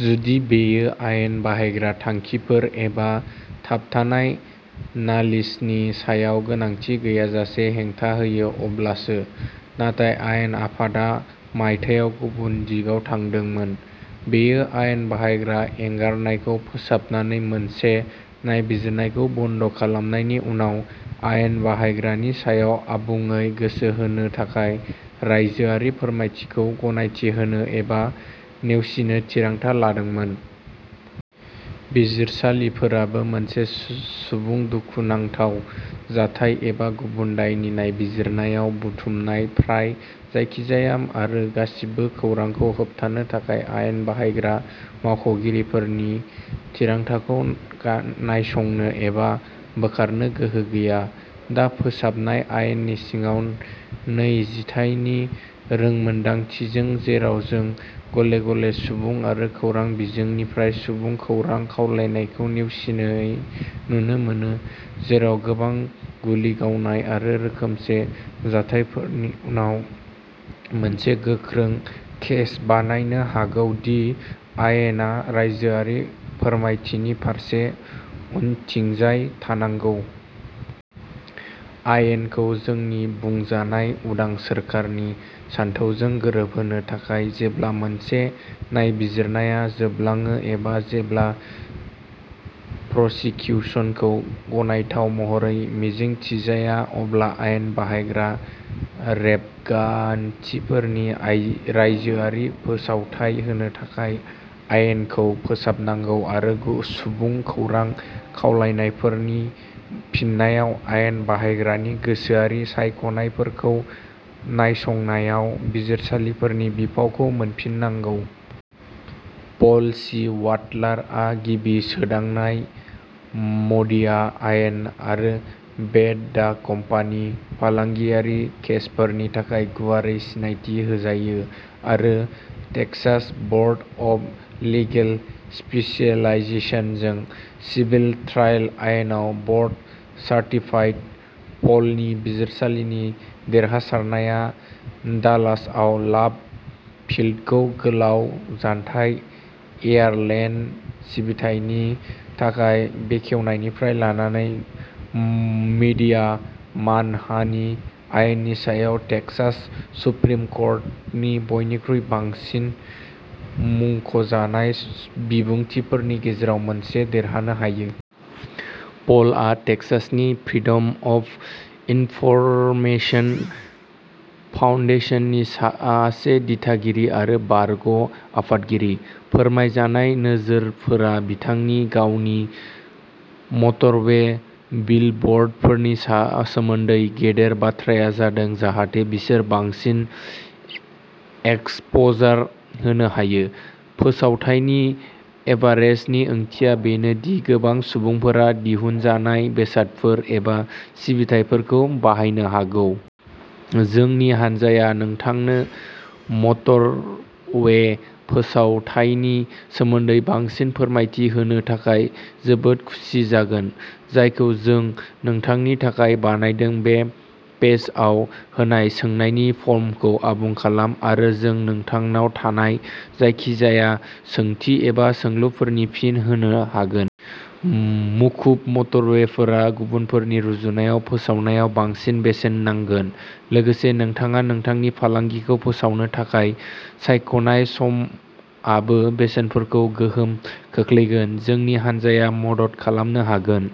जुदि बेयो आयेन बाहायग्रा थांखिफोर एबा थाबथानाय नालिसनि सायाव गोनांथि गैयाजासे हेंथा होयो अब्लासो। नाथाय आयेन आफादा मायथाइयाव गुबुन दिगाव थांदोंमोन। बेयो आयेन बाहायग्रा एंगारनायखौ फोसाबनानै मोनसे नायबिजिरनायखौ बन्द खालामनायनि उनाव आयेन बाहायग्रानि सायाव आबुङै गोसो होनो थाखाय रायजोआरि फोरमायथिखौ गनायथि होनो एबा नेवसिनो थिरांथा लादोंमोन। बिजिरसालिफोराबो मोनसे सुबुं दुखुनांथाव जाथाय एबा गुबुन दायनि नायबिजिरनायाव बुथुमनाय फ्राय जायखिजाया आरो गासिबो खौरांखौ होबथानो थाखाय आयेन बाहायग्रा मावख'गिरिफोरनि थिरांथाखौ गा नायसंनो एबा बोखारनो गोहो गैया। दा, फोसाबनाय आयेननि सिङाव नै जिथायनि रोंमोनदांथिजों जेराव जों गले-गले सुबुं आरो खौरां बिजोंनिफ्राय सुबुं खौरां खावलायनायखौ नेवसिनाय नुनो मोनो, जेराव गोबां गुलि गावनाय आरो रोखोमसे जाथायफोरनि उनाव, मोनसे गोख्रों केस बानायनो हागौ दि आयेना रायजोआरि फोरमायथिनि फारसे उनथिंजाय थांनांगौ। आयेनखौ जोंनि बुंजानाय उदां सोरखारनि सानथौजों गोरोबहोनो थाखाय, जेब्ला मोनसे नायबिजिरनाया जोबलाङो एबा जेब्ला प्रसिकिउसनखौ गनायथाव महरै मिजिंथिजाया अब्ला आयेन बाहायग्रा रेबगान्थिफोरनि आय रायजोआरि फोसावथाय होनो थाखाय आइनखौ फोसाबनांगौ आरो सुबुं खौरां खावलायनायफोरनि फिननायाव आयेन बाहायग्रानि गोसोआरि सायख'नायफोरखौ नायसंनायाव बिजिरसालिफोरनि बिफावखौ मोनफिननांगौ। पल सि वाट्लारआ गिबि सोदांनाय, मोडिया आयेन, आरो बेट दा कम्पानि फालांगियारि केसफोरनि थाखाय गुवारै सिनायथि होजायो आरो टेक्सास बर्ड अफ लिगेल स्पेशियलाइजेशनजों सिभिल ट्रायल आयेनाव बर्ड सार्टिफाइड। पलनि बिजिरसालिनि देरहासारनाया डालासआव लाभ फील्डखौ गोलाव जानथाय एयारलेन सिबिथायनि थाखाय बेखेवनायनिफ्राय लानानै मीडिया मानहानि आयेननि सायाव टेक्सास सुप्रिम कर्टनि बयनिख्रुइ बांसिन मुंख'जानाय बिबुंथिफोरनि गेजेराव मोनसे देरहानो हायो। पलआ टेक्सासनि फ्रिडम अफ इनफरमेशन फाउन्डेशननि सासे दिथागिरि आरो बारग' आफादगिरि। फोरमायजानाय नोजोरफोरा बिथांनि गावनि। मटरवे बिलबोर्डफोरनि सा सोमोन्दै गेदेर बाथ्राया जादों जाहाथे बिसोर बांसिन एक्सप'जार होनो हायो। फोसावथायनि कभारेजनि ओंथिया बेनो दि गोबां सुबुंफोरा दिहुनजानाय बेसादफोर एबा सिबिथाइफोरखौ बायनो हागौ। जोंनि हान्जाया नोंथांनो मटरवे फोसावथायनि सोमोन्दै बांसिन फोरमायथि होनो थाखाय जोबोद खुसि जागोन, जायखौ जों नोंथांनि थाखाय बानायदों बे पेजआव होनाय सोंनायनि फर्मखौ आबुं खालाम आरो जों नोंथांनाव थानाय जायखिजाया सोंथि एबा सोंलुफोरनि फिन होनो हागोन। मुखुब मटरवेफोरा गुबुनफोरनि रुजुनायाव फोसावनायाव बांसिन बेसेन नांगोन। लोगोसे, नोंथाङा नोंथांनि फालांगिखौ फोसावनो थाखाय सायख'नाय समआबो बेसेनफोरखौ गोहोम खोख्लैगोन। जोंनि हान्जाया मदद खालामनो हागोन।